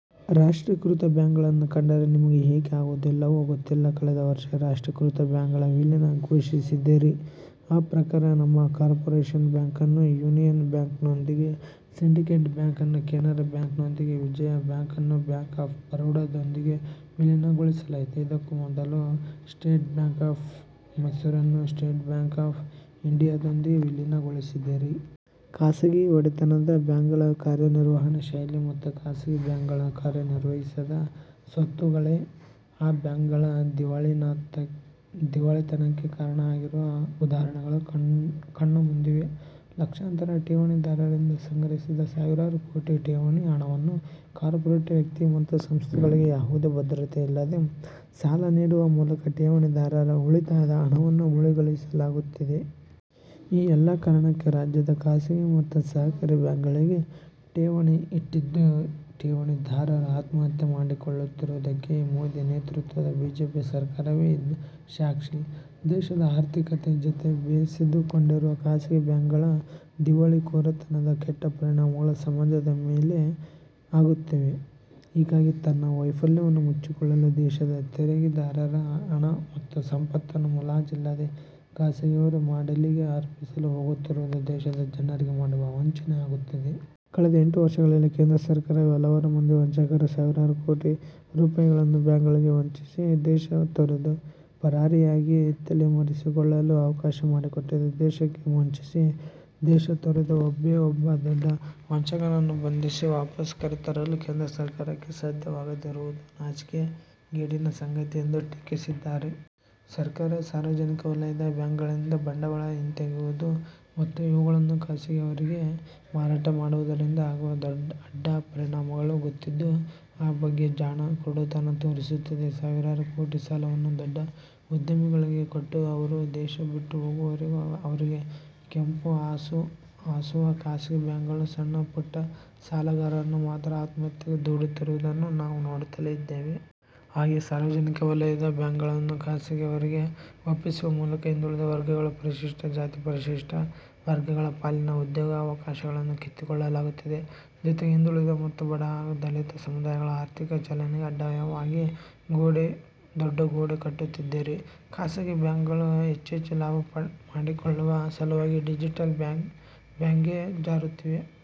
ರಾಷ್ಟ್ರೀಕೃತ ಬ್ಯಾಂಕ್ಗಳನ್ನು ಕಂಡರೆ ನಿಮಗೆ ಏಕೆ ಆಗುವುದಿಲ್ಲವೋ ಗೊತ್ತಿಲ್ಲ. ಕಳೆದ ವರ್ಷ ರಾಷ್ಟ್ರಿಕೃತ ಬ್ಯಾಂಕ್ಗಳ ವಿಲೀನ ಘೋಷಿಸಿದಿರಿ. ಆ ಪ್ರಕಾರ ನಮ್ಮ ಕಾರ್ಪೋರೇಷನ್ ಬ್ಯಾಂಕನ್ನು ಯೂನಿಯನ್ ಬ್ಯಾಂಕ್ನೊಂದಿಗೆ, ಸಿಂಡಿಕೇಟ್ ಬ್ಯಾಂಕನ್ನು ಕೆನರಾ ಬ್ಯಾಂಕ್ನೊಂದಿಗೆ, ವಿಜಯ ಬ್ಯಾಂಕನ್ನು ಬ್ಯಾಂಕ್ ಆಫ್ ಬರೋಡದೊಂದಿಗೆ ವಿಲೀನಗೊಳಿಸಲಾಯಿತು. ಇದಕ್ಕೂ ಮೊದಲು ಸ್ಟೇಟ್ ಬ್ಯಾಂಕ್ ಆಫ್ ಮೈಸೂರನ್ನು ಸ್ಟೇಟ್ ಬ್ಯಾಂಕ್ ಆಫ್ ಇಂಡಿಯಾದೊಂದಿಗೆ ವಿಲೀನಗೊಳಿಸಿದಿರಿ. ಖಾಸಗಿ ಒಡೆತನದ ಬ್ಯಾಂಕ್ಗಳ ಕಾರ್ಯನಿರ್ವಹಣೆ ಶೈಲಿ ಮತ್ತು ಖಾಸಗಿ ಬ್ಯಾಂಕ್ಗಳ ಕಾರ್ಯನಿರ್ವಹಿಸದ ಸ್ವತ್ತುಗಳೇ ಆ ಬ್ಯಾಂಕ್ಗಳ ದಿವಾಳಿತನಕ್ಕೆ ಕಾರಣ ಆಗಿರುವ ಉದಾಹರಣೆಗಳು ಕಣ್ಣ ಮುಂದಿವೆ. ಲಕ್ಷಾಂತರ ಠೇವಣಿದಾರರರಿಂದ ಸಂಗ್ರಹಿಸಿದ ಸಾವಿರಾರು ಕೋಟಿ ಠೇವಣಿ ಹಣವನ್ನು ಕಾರ್ಪೋರೇಟ್ ವ್ಯಕ್ತಿ ಮತ್ತು ಸಂಸ್ಥೆಗಳಿಗೆ ಯಾವುದೇ ಭದ್ರತೆ ಇಲ್ಲದೆ ಸಾಲ ನೀಡುವ ಮೂಲಕ ಠೇವಣಿದಾರರ ಉಳಿತಾಯದ ಹಣವನ್ನು ಮುಳುಗಿಸಲಾಗುತ್ತಿದೆ. ಈ ಎಲ್ಲಾ ಕಾರಣಕ್ಕೆ ರಾಜ್ಯದ ಖಾಸಗಿ ಮತ್ತು ಸಹಕಾರಿ ಬ್ಯಾಂಕ್ಗಳಲ್ಲಿ ಠೇವಣಿ ಇಟ್ಟಿದ್ದ ಠೇವಣಿದಾರರು ಆತ್ಮಹತ್ಯೆ ಮಾಡಿಕೊಳ್ಳುತ್ತಿರುವುದಕ್ಕೆ ಮೋದಿ ನೇತೃತ್ವದ ಬಿಜೆಪಿ ಸರ್ಕಾರವೇ ಸಾಕ್ಷಿ. ದೇಶದ ಆರ್ಥಿಕತೆ ಜತೆ ಬೆಸೆದುಕೊಂಡಿರುವ ಖಾಸಗಿ ಬ್ಯಾಂಕ್ಗಳ ದಿವಾಳಿಕೋರತನದ ಕೆಟ್ಟ ಪರಿಣಾಮಗಳು ಸಮಾಜದ ಮೇಲೆ ಆಗುತ್ತಿವೆ. ಹೀಗಾಗಿ ತನ್ನ ವೈಫಲ್ಯವನ್ನು ಮುಚ್ಚಿಕೊಳ್ಳಲು ದೇಶದ ತೆರಿಗೆದಾರರ ಹಣ ಮತ್ತು ಸಂಪತ್ತನ್ನು ಮುಲಾಜಿಲ್ಲದೆ ಖಾಸಗಿಯವರ ಮಡಿಲಿಗೆ ಅರ್ಪಿಸಲು ಹೋಗುತ್ತಿರುವುದು ದೇಶದ ಜನರಿಗೆ ಮಾಡುವ ವಂಚನೆ ಆಗುತ್ತದೆ. ಕಳೆದ ಎಂಟು ವರ್ಷಗಳಲ್ಲಿ ಕೇಂದ್ರ ಸರ್ಕಾರವೇ ಹಲವಾರು ಮಂದಿ ವಂಚಕರು ಸಾವಿರಾರು ಕೋಟಿ ರೂಪಾಯಿಗಳನ್ನು ಬ್ಯಾಂಕ್ಗಳಿಗೆ ವಂಚಿಸಿ ದೇಶ ತೊರೆದು ಪರಾರಿಯಾಗಿ ತಲೆಮರೆಸಿಕೊಳ್ಳಲು ಅವಕಾಶ ಮಾಡಿಕೊಟ್ಟಿದೆ. ದೇಶಕ್ಕೆ ವಂಚಿಸಿ ದೇಶ ತೊರೆದ ಒಬ್ಬೇ ಒಬ್ಬ ದೊಡ್ಡ ವಂಚಕನನ್ನೂ ಬಂಧಿಸಿ ವಾಪಾಸ್ ಕರೆತರಲು ಕೇಂದ್ರ ಸರ್ಕಾರಕ್ಕೆ ಸಾಧ್ಯವಾಗದಿರುವುದು ನಾಚಿಕೆಗೇಡಿನ ಸಂಗತಿ ಎಂದು ಟೀಕಿಸಿದ್ದಾರೆ. ಸರ್ಕಾರ ಸಾರ್ವಜನಿಕ ವಲಯದ ಬ್ಯಾಂಕ್ಗಳಿಂದ ಬಂಡವಾಳ ಹಿಂತೆಗೆಯುವುದು ಮತ್ತು ಇವುಗಳನ್ನು ಖಾಸಗಿಯವರಿಗೆ ಮಾರಾಟ ಮಾಡುವುದರಿಂದ ಆಗುವ ಅಡ್ಡ ಪರಿಣಾಮಗಳು ಗೊತ್ತಿದ್ದೂ ಆ ಬಗ್ಗೆ ಜಾಣ ಕುರುಡುತನ ತೋರಿಸುತ್ತಿದೆ. ಸಾವಿರಾರು ಕೋಟಿ ಸಾಲವನ್ನು ದೊಡ್ಡ ಉದ್ಯಮಿಗಳಿಗೆ ಕೊಟ್ಟು ಅವರು ದೇಶ ಬಿಟ್ಟು ಹೋಗುವವರೆಗೂ ಅವರಿಗೆ ಕೆಂಪು ಹಾಸು ಹಾಸುವ ಖಾಸಗಿ ಬ್ಯಾಂಕ್ಗಳು ಸಣ್ಣ ಪುಟ್ಟ ಸಾಲಗಾರರನ್ನು ಮಾತ್ರ ಆತ್ಮಹತ್ಯೆಗೆ ದೂಡುತ್ತಿರುವುದನ್ನು ನಾವು ನೋಡುತ್ತಲೇ ಇದ್ದೇವೆ. ಹಾಗೆಯೇ ಸಾರ್ವಜನಿಕ ವಲಯದ ಬ್ಯಾಂಕ್ಗಳನ್ನು ಖಾಸಗಿಯವರಿಗೆ ಒಪ್ಪಿಸುವ ಮೂಲಕ ಹಿಂದುಳಿದ ವರ್ಗಗಳು, ಪರಿಶಿಷ್ಠ ಜಾತಿ, ಪರಿಶಿಷ್ಠ ವರ್ಗಗಳ ಪಾಲಿನ ಉದ್ಯೋಗಾವಕಾಶಗಳನ್ನೂ ಕಿತ್ತುಕೊಳ್ಳಲಾಗುತ್ತಿದೆ. ಜತೆಗೆ ಹಿಂದುಳಿದ ಮತ್ತು ಬಡ ಹಗೂ ದಲಿತ ಸಮುದಾಯಗಳ ಆರ್ಥಿಕ ಚಲನೆಗೆ ಅಡ್ಡವಾಗಿ ದೊಡ್ಡ ಗೋಡೆ ಕಟ್ಟುತ್ತಿದ್ದೀರಿ. ಖಾಸಗಿ ಬ್ಯಾಂಕ್ಗಳು ಹೆಚ್ಚೆಚ್ಚು ಲಾಭ ಮಾಡಿಕೊಳ್ಳುವ ಸಲುವಾಗಿ ಡಿಜಟಲ್ ಬ್ಯಾಂಕಿಂಗ್ಗೆ ಜಾರುತ್ತಿವೆ.